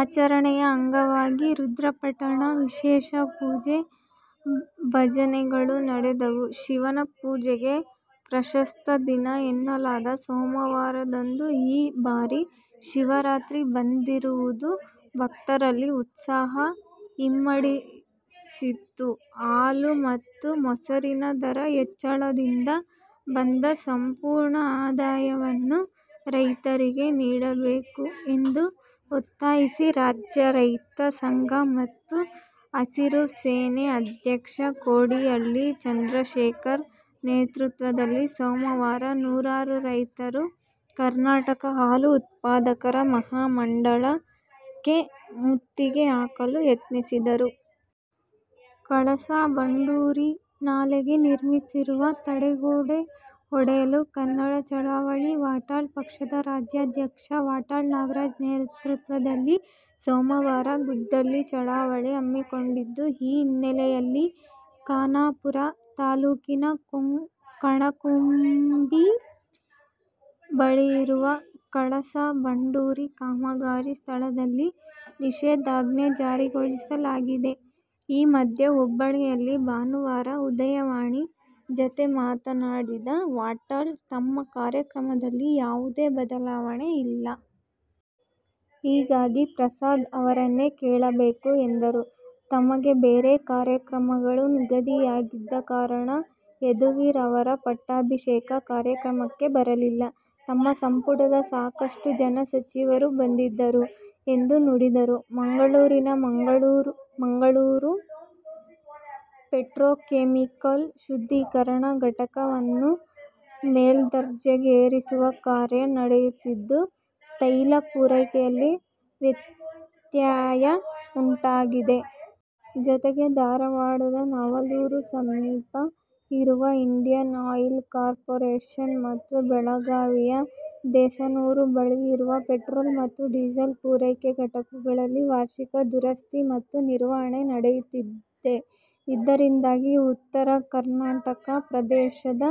ಆಚರಣೆಯ ಅಂಗವಾಗಿ ರುದ್ರಪಠಣ, ವಿಶೇಷ ಪೂಜೆ, ಭಜನೆಗಳು ನಡೆದವು. ಶಿವನ ಪೂಜೆಗೆ ಪ್ರಶಸ್ತ ದಿನ ಎನ್ನಲಾದ ಸೋಮವಾರದಂದು ಈ ಬಾರಿ ಶಿವರಾತ್ರಿ ಬಂದಿರುವುದು ಭಕ್ತರಲ್ಲಿ ಉತ್ಸಾಹ ಇಮ್ಮಡಿಸಿತ್ತು. ಹಾಲು ಮತ್ತು ಮೊಸರಿನ ದರ ಹೆಚ್ಚಳದಿಂದ ಬಂದ ಸಂಪೂರ್ಣ ಆದಾಯವನ್ನು ರೈತರಿಗೆ ನೀಡಬೇಕು ಎಂದು ಒತ್ತಾಯಿಸಿ ರಾಜ್ಯ ರೈತ ಸಂಘ ಮತ್ತು ಹಸಿರು ಸೇನೆ ಅಧ್ಯಕ್ಷ ಕೋಡಿಹಳ್ಳಿ ಚಂದ್ರಶೇಖರ್ ನೇತೃತ್ವದಲ್ಲಿ ಸೋಮವಾರ ನೂರಾರು ರೈತರು ಕರ್ನಾಟಕ ಹಾಲು ಉತ್ಪಾದಕರ ಮಹಾಮಂಡಳ ಕ್ಕೆ ಮುತ್ತಿಗೆ ಹಾಕಲು ಯತ್ನಿಸಿದರು. ಕಳಸಾ-ಬಂಡೂರಿ ನಾಲೆಗೆ ನಿರ್ಮಿಸಿರುವ ತಡೆಗೋಡೆ ಒಡೆಯಲು ಕನ್ನಡ ಚಳವಳಿ ವಾಟಾಳ್ ಪಕ್ಷದ ರಾಜ್ಯಾಧ್ಯಕ್ಷ ವಾಟಾಳ್ ನಾಗರಾಜ್ ನೇತೃತ್ವದಲ್ಲಿ ಸೋಮವಾರ ಗುದ್ದಲಿ ಚಳವಳಿ ಹಮ್ಮಿಕೊಂಡಿದ್ದು, ಈ ಹಿನ್ನೆಲೆಯಲ್ಲಿ ಖಾನಾಪುರ ತಾಲೂಕಿನ ಕಣಕುಂಬಿ ಬಳಿಯಿರುವ ಕಳಸಾ-ಬಂಡೂರಿ ಕಾಮಗಾರಿ ಸ್ಥಳದಲ್ಲಿ ನಿಷೇಧಾಜ್ಞೆಜಾರಿಗೊಳಿಸಲಾಗಿದೆ. ಈ ಮಧ್ಯೆ, ಹುಬ್ಬಳ್ಳಿಯಲ್ಲಿ ಭಾನುವಾರ "ಉದಯವಾಣಿ' ಜತೆಮಾತನಾಡಿದ ವಾಟಾಳ್, ತಮ್ಮ ಕಾರ್ಯಕ್ರಮದಲ್ಲಿ ಯಾವುದೇ ಬದಲಾವಣೆ ಇಲ್ಲ. ಹೀಗಾಗಿ ಪ್ರಸಾದ್ ಅವರನ್ನೇ ಕೇಳಬೇಕು ಎಂದರು. ತಮಗೆ ಬೇರೆ ಕಾರ್ಯಕ್ರಮಗಳು ನಿಗದಿಯಾಗಿದ್ದ ಕಾರಣ ಯದುವೀರ ಅವರ ಪಟ್ಟಾಭಿಷೇಕ ಕಾರ್ಯಕ್ರಮಕ್ಕೆ ಬರಲಿಲ್ಲ. ತಮ್ಮ ಸಂಪುಟದ ಸಾಕಷ್ಟು ಜನ ಸಚಿವರು ಬಂದಿದ್ದರು ಎಂದು ನುಡಿದರು. ಮಂಗಳೂರಿನ ಮಂಗಳೂರು ಪೆಟ್ರೋಕೆಮಿಕಲ್ಸ್ ಶುದ್ಧೀಕರಣ ಘಟಕ ವನ್ನು ಮೇಲ್ದರ್ಜೆಗೇರಿಸುವ ಕಾರ್ಯ ನಡೆಯುತ್ತಿದ್ದು, ತೈಲ ಪೂರೈಕೆಯಲ್ಲಿ ವ್ಯತ್ಯಯ ಉಂಟಾಗಿದೆ. ಜತೆಗೆ, ಧಾರವಾಡದ ನವಲೂರು ಸಮೀಪ ಇರುವ ಇಂಡಿಯನ್ ಆಯಿಲ್ ಕಾರ್ಪೊರೆಷನ್ ಮತ್ತು ಬೆಳಗಾವಿಯ ದೇಸನೂರು ಬಳಿ ಇರುವ ಪೆಟ್ರೋಲ್ ಮತ್ತು ಡೀಸೆಲ್ ಪೂರೈಕೆ ಘಟಕಗಳಲ್ಲಿ ವಾರ್ಷಿಕ ದುರಸ್ತಿ ಮತ್ತು ನಿರ್ವಹಣೆ ನಡೆಯುತ್ತಿದೆ. ಇದರಿಂದಾಗಿ ಉತ್ತರ ಕರ್ನಾಟಕ ಪ್ರದೇಶದ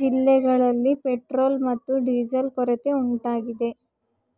ಜಿಲ್ಲೆಗಳಲ್ಲಿ ಪೆಟ್ರೋಲ್ ಮತ್ತು ಡೀಸೆಲ್ ಕೊರತೆ ಉಂಟಾಗಿದೆ.